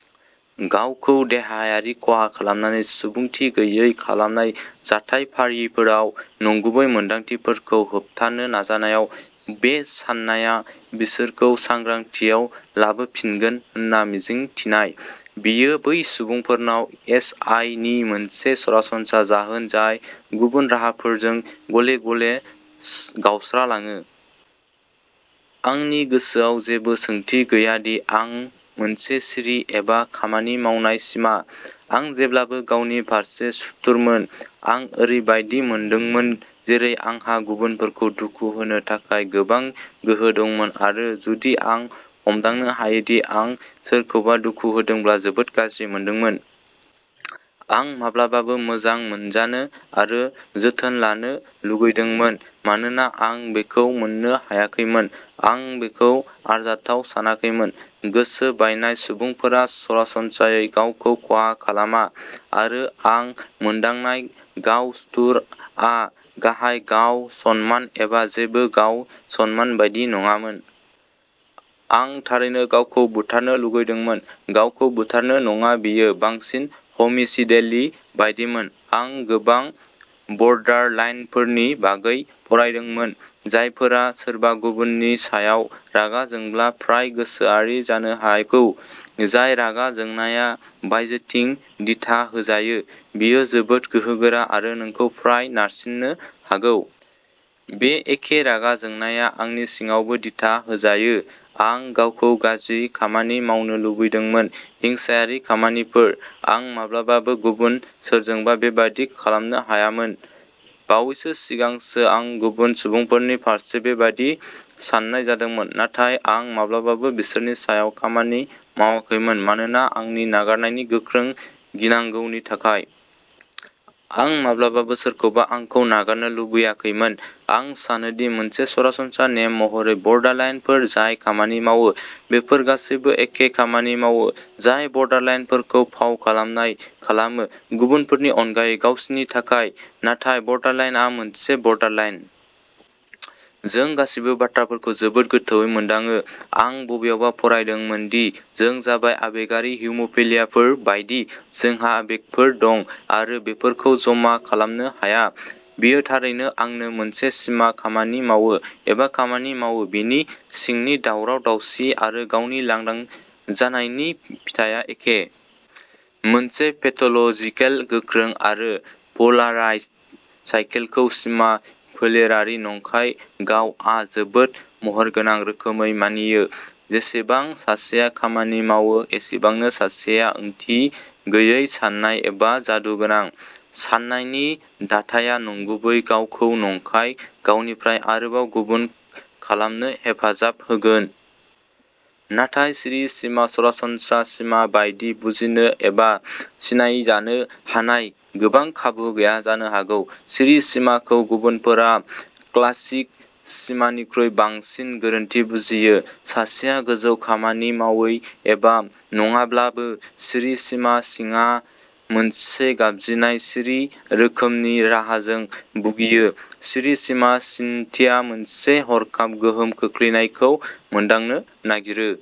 गावखौ देहायारि खहा खालामनानै सुबुंथि गैयै खालामनाय जाथायफारिफोराव नंगुबै मोन्दांथिफोरखौ होबथानो नाजानायाव बे सान्नाया बिसोरखौ सांग्रांथियाव लाबोफिनगोन होनना मिजिं थिनाय। बेयो बै सुबुंफोरनाव एस. आइ. नि मोनसे सरासनस्रा जाहोन जाय गुबुन राहाफोरजों गले-गले गावस्रालाङो। आंनि गोसोआव जेबो सोंथि गैया दि आं मोनसे सिरि एबा खामानि मावनाय सिमा। आं जेब्लाबो गावनि फारसे सुथुरमोन। आं ओरैबायदि मोनदोंमोन जेरै आंहा गुबुनफोरखौ दुखु होनो थाखाय गोबां गोहो दंमोन आरो जुदि आं हमदांनो हायोदि आं सोरखौबा दुखु होदोंब्ला जोबोद गाज्रि मोनदोंमोन। आं माब्लाबाबो मोजां मोनजानो आरो जोथोन लानो लुगैदोंमोन। मानोना आं बेखौ मोननो हायाखैमोन, आं बेखौ आरजाथाव सानाखैमोन। गोसो बायनाय सुबुंफोरा सरासनस्रायै गावखौ खहा खालामा, आरो आं मोनदांनाय गाव-सुथुरआ गाहाय गाव-सनमान एबा जेबो गाव-सन्मान बायदि नङामोन। आं थारैनो गावखौ "बुथारनो" लुगैदोंमोन, गावखौ बुथारनो नङा बेयो। बांसिन ह'मिसिदेलि बायदिमोन। आं गोबां बर्डारलाइनफोरनि बागै फरायदोंमोन, जायफोरा सोरबा गुबुननि सायाव रागा जोंब्ला फ्राय गोसोआरि जानो हागौ। जाय रागा जोंनाया बायजोथिं दिथा होजायो, बेयो जोबोद गोहोगोरा आरो नोंखौ फ्राय नारसिन्नो हागौ। बे एखे रागा जोंनाया आंनि सिङावबो दिथा होजायो। आं गावखौ गाज्रि खामानि मावनो लुबैदोंमोन, हिंसायारि खामानिफोर। आं माब्लाबाबो गुबुन सोरजोंबा बेबादि खालामनो हायामोन। बावैसो सिगांसो आं गुबुन सुबुंफोरनि फारसे बेबादि साननाय जादोंमोन। नाथाय आं माब्लाबाबो बिसोरनि सायाव खामानि मावाखैमोन मानोना आंनि नागारनायनि गोख्रों गिनांगौनि थाखाय। आं माब्लाबाबो सोरखौबा आंखौ नागारनो लुबैयाखैमोन। आं सानो दि मोनसे सरासनस्रा नेम महरै बर्डारलाइनफोर जाय खामानि मावो, बेफोर गासैबो एखे खामानि मावो, जाय बर्डारलाइनफोरखौ "फाव खालामनाय" खालामो, गुबुनफोरनि अनगायै गावसिनि थाखाय। नाथाय बर्डारलाइनआ मोनसे बर्डारलाइन। जों गासैबो बाथ्राफोरखौ जोबोद गोथौवै मोनदाङो। आं बबेयावबा फरायदोंमोन दि जों जाबाय आबेगारि हिम'फिलियाफोर बायदि जोंहा आबेगफोर दं आरो बेफोरखौ जमा खालामनो हाया। बेयो थारैनो आंनो मोनसे सिमा खामानि मावो एबा खामानि मावो बिनि सिंनि दावराव-दावसि आरो गावनि लांदां जानायनि फिथाया एखे। मोनसे पेथ'ल'जिकेल, गोख्रों, आरो पोलाराइज्ड साइकेलखौ सिमा फोलेरारि नंखाय गावआ जोबोद महरगोनां रोखोमै मानियो। जेसेबां सासेया खामानि मावो एसेबांनो सासेआ ओंथि गैयै साननाय एबा जादुगोनां साननायनि दाथाया नंगुबै गावखौ नंखाय गावनिफ्राय आरोबाव गुबुन खालामनो हेफाजाब होगोन। नाथाय सिरि सिमा सरासनस्रा सिमा बायदि बुजिनो एबा सिनायजानो हानाय गोबां खाबु गैया जानो हागौ। सिरि सिमाखौ गुबुनफोरा क्लासिक सिमानिख्रुइ बांसिन गोरोन्थि बुजियो। सासेया गोजौ खामानि मावै एबा नङाब्लाबो सिरि सिमा सिङा मोनसे गाबज्रिनाय सिरि रोखोमनि राहाजों भुगियो। सिरि सिमा सिन्थिया मोनसे हरखाब गोहोम खोख्लैनायखौ मोनदांनो नागिरो।